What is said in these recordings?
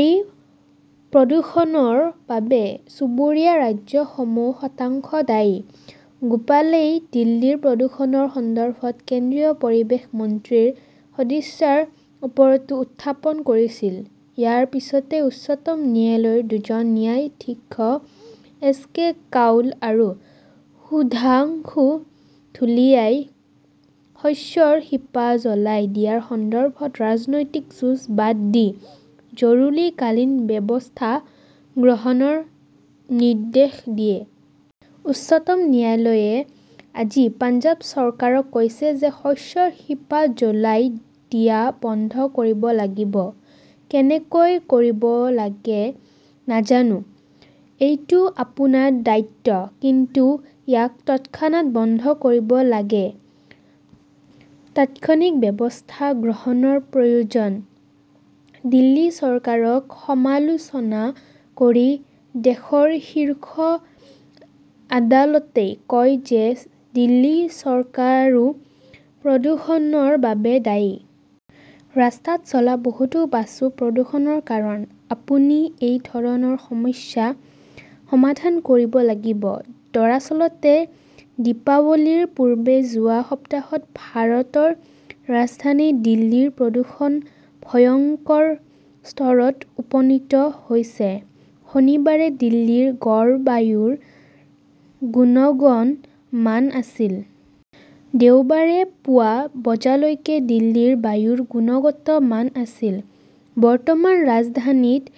এই প্ৰদূষণৰ বাবে চুবুৰীয়া ৰাজ্যসমূহ শতাংশ দায়ী। গোপালই দিল্লীৰ প্ৰদূষণৰ সন্দৰ্ভত কেন্দ্ৰীয় পৰিৱেশ মন্ত্ৰীৰ সদিচ্ছাৰ ওপৰতো প্ৰশ্ন উত্থাপন কৰিছিল। ইয়াৰ পিছতে উচ্চতম ন্যায়ালয়ৰ দুজন ন্যায়াধীশ এছ কে কাউল আৰু সুধাংশু ধুলিয়াই শস্যৰ শিপা জ্বলাই দিয়াৰ সন্দৰ্ভত ৰাজনৈতিক যুঁজ বাদ দি জৰুৰীকালীন ব্যৱস্থা গ্ৰহণৰ নিৰ্দেশ দিয়ে। উচ্চতম ন্যায়ালয়ে আজি পঞ্জাৱ চৰকাৰক কৈছিল যে শস্যৰ শিপা জ্বলাই দিয়া বন্ধ কৰিব লাগিব। কেনেকৈ কৰিব লাগে নাজানো। এইটো আপোনাৰ দায়িত্ব। কিন্তু ইয়াক তৎক্ষণাত বন্ধ কৰিব লাগে। তাৎক্ষণিক ব্যৱস্থা গ্ৰহণৰ প্ৰয়োজন। দিল্লী চৰকাৰক সমালোচনা কৰি দেশৰ শীৰ্ষ আদালতে কয় যে দিল্লী চৰকাৰো প্ৰদূষণৰ বাবে দায়ী। ৰাস্তাত চলা বহুতো বাছও প্ৰদূষণৰ কাৰণ। আপুনি এই ধৰণৰ সমস্যা সমাধান কৰিব লাগিব। দৰাচলতে, দীপাৱলীৰ পূৰ্বে যোৱা সপ্তাহত ভাৰতৰ ৰাজধানী দিল্লীৰ প্ৰদূষণ ভয়ংকৰ স্তৰত উপনীত হৈছে। শনিবাৰে দিল্লীৰ গড় বায়ুৰ গুণগত মান আছিল। দেওবাৰে পুৱা বজালৈকে দিল্লীৰ বায়ুৰ গুণগত মান আছিল। বৰ্তমান ৰাজধানীত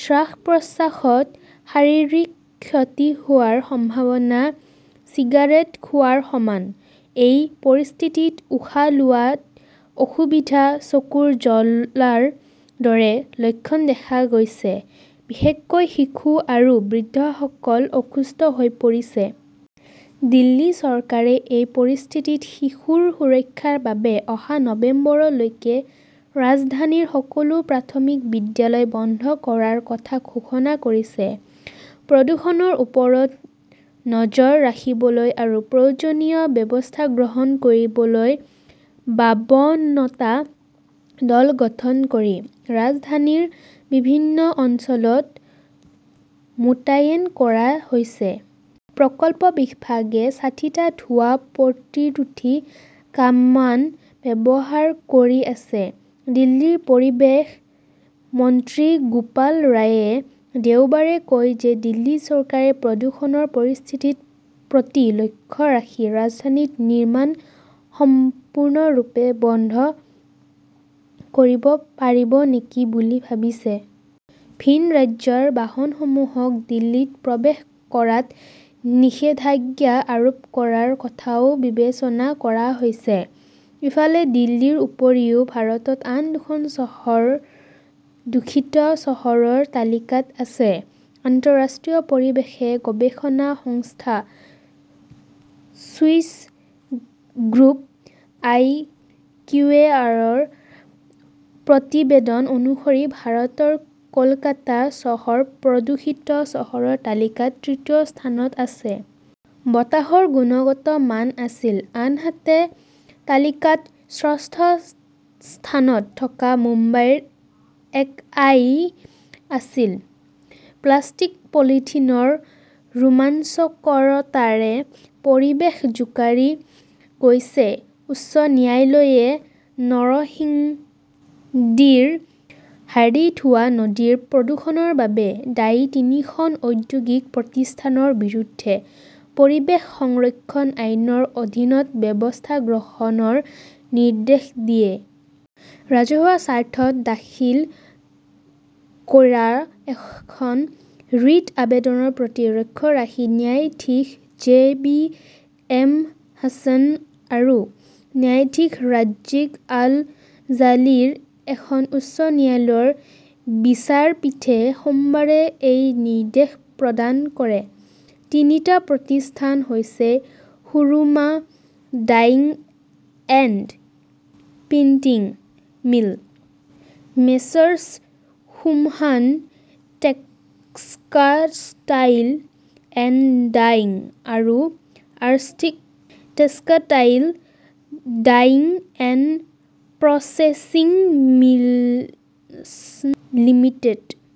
শ্বাস-প্ৰশ্বাসত শাৰীৰিক ক্ষতি হোৱাৰ সম্ভাৱনা চিগাৰেট খোৱাৰ সমান। এই পৰিস্থিতিত উশাহ লোৱাত অসুবিধা, চকু জ্বলাৰ দৰে লক্ষণ দেখা গৈছে। বিশেষকৈ শিশু আৰু বৃদ্ধসকল অসুস্থ হৈ পৰিছে। দিল্লী চৰকাৰে এই পৰিস্থিতিত শিশুৰ সুৰক্ষাৰ বাবে অহা নৱেম্বৰলৈকে ৰাজধানীৰ সকলো প্ৰাথমিক বিদ্যালয় বন্ধ কৰাৰ কথা ঘোষণা কৰিছে। প্ৰদূষণৰ ওপৰত নজৰ ৰাখিবলৈ আৰু প্ৰয়োজনীয় ব্যৱস্থা গ্ৰহণ কৰিবলৈ বাৱনটা দল গঠন কৰি ৰাজধানীৰ বিভিন্ন অঞ্চলত মোতায়েন কৰা হৈছে। প্ৰকল্প বিভাগে ষাঠিটা ধোঁৱা প্ৰতিৰোধী কামান ব্যৱহাৰ কৰি আছে। দিল্লীৰ পৰিৱেশ মন্ত্ৰী গোপাল ৰায়ে দেওবাৰে কয় যে দিল্লী চৰকাৰে প্ৰদূষণৰ পৰিস্থিতিৰ প্ৰতি লক্ষ্য ৰাখি ৰাজধানীত নিৰ্মাণ সম্পূৰ্ণৰূপে বন্ধ কৰিব পাৰি নেকি বুলি ভাবিছে। ভিন ৰাজ্যৰ বাহনসমূহক দিল্লীত প্ৰৱেশ কৰাত নিষেধাজ্ঞা আৰোপ কৰাৰ কথাও বিবেচনা কৰা হৈছে। ইফালে, দিল্লীৰ উপৰিও ভাৰতৰ আন দুখন চহৰ দূষিত চহৰৰ তালিকাত আছে। আন্তঃৰাষ্ট্ৰীয় পৰিৱেশ গৱেষণা সংস্থা চুইচ গ্ৰুপ আই কিউএআৰৰ প্ৰতিবেদন অনুসৰি ভাৰতৰ কলকাতা চহৰ প্ৰদূষিত চহৰৰ তালিকাত তৃতীয় স্থানত আছে। বতাহৰ গুণগত মান আছিল। আনহাতে তালিকাৰ ষষ্ঠ স্থানত থকা মুম্বাইৰ একআই আছিল। প্লাষ্টিক-পলিথিনৰ ৰোমাঞ্চকৰতাৰে পৰিৱেশ জোকাৰি গৈছে উচ্চ ন্যায়ালয়ে নৰসিংডীৰ হাণ্ডিধোৱা নদীৰ প্ৰদূষণৰ বাবে দায়ী তিনিখন ঔদ্যোগিক প্ৰতিষ্ঠানৰ বিৰুদ্ধে পৰিৱেশ সংৰক্ষণ আইনৰ অধীনত ব্যৱস্থা গ্ৰহণৰ নিৰ্দেশ দিছে। ৰাজহুৱা স্বাৰ্থত দাখিল কৰা এখন ৰিট আবেদনৰ প্ৰতি লক্ষ্য ৰাখি ন্যায়াধীশ জে বি এম হাছান আৰু ন্যায়াধীশ ৰাজিক আল জালিলৰ এখন উচ্চ ন্যায়ালয়ৰ বিচাৰপীঠে সোমবাৰে এই নিৰ্দেশ প্ৰদান কৰে। তিনিটা প্ৰতিষ্ঠান হৈছে-সুৰমা dyeing and printing mill, Messrs Sobhan textile and dyeing আৰু artist textile dyeing and processing mills limited.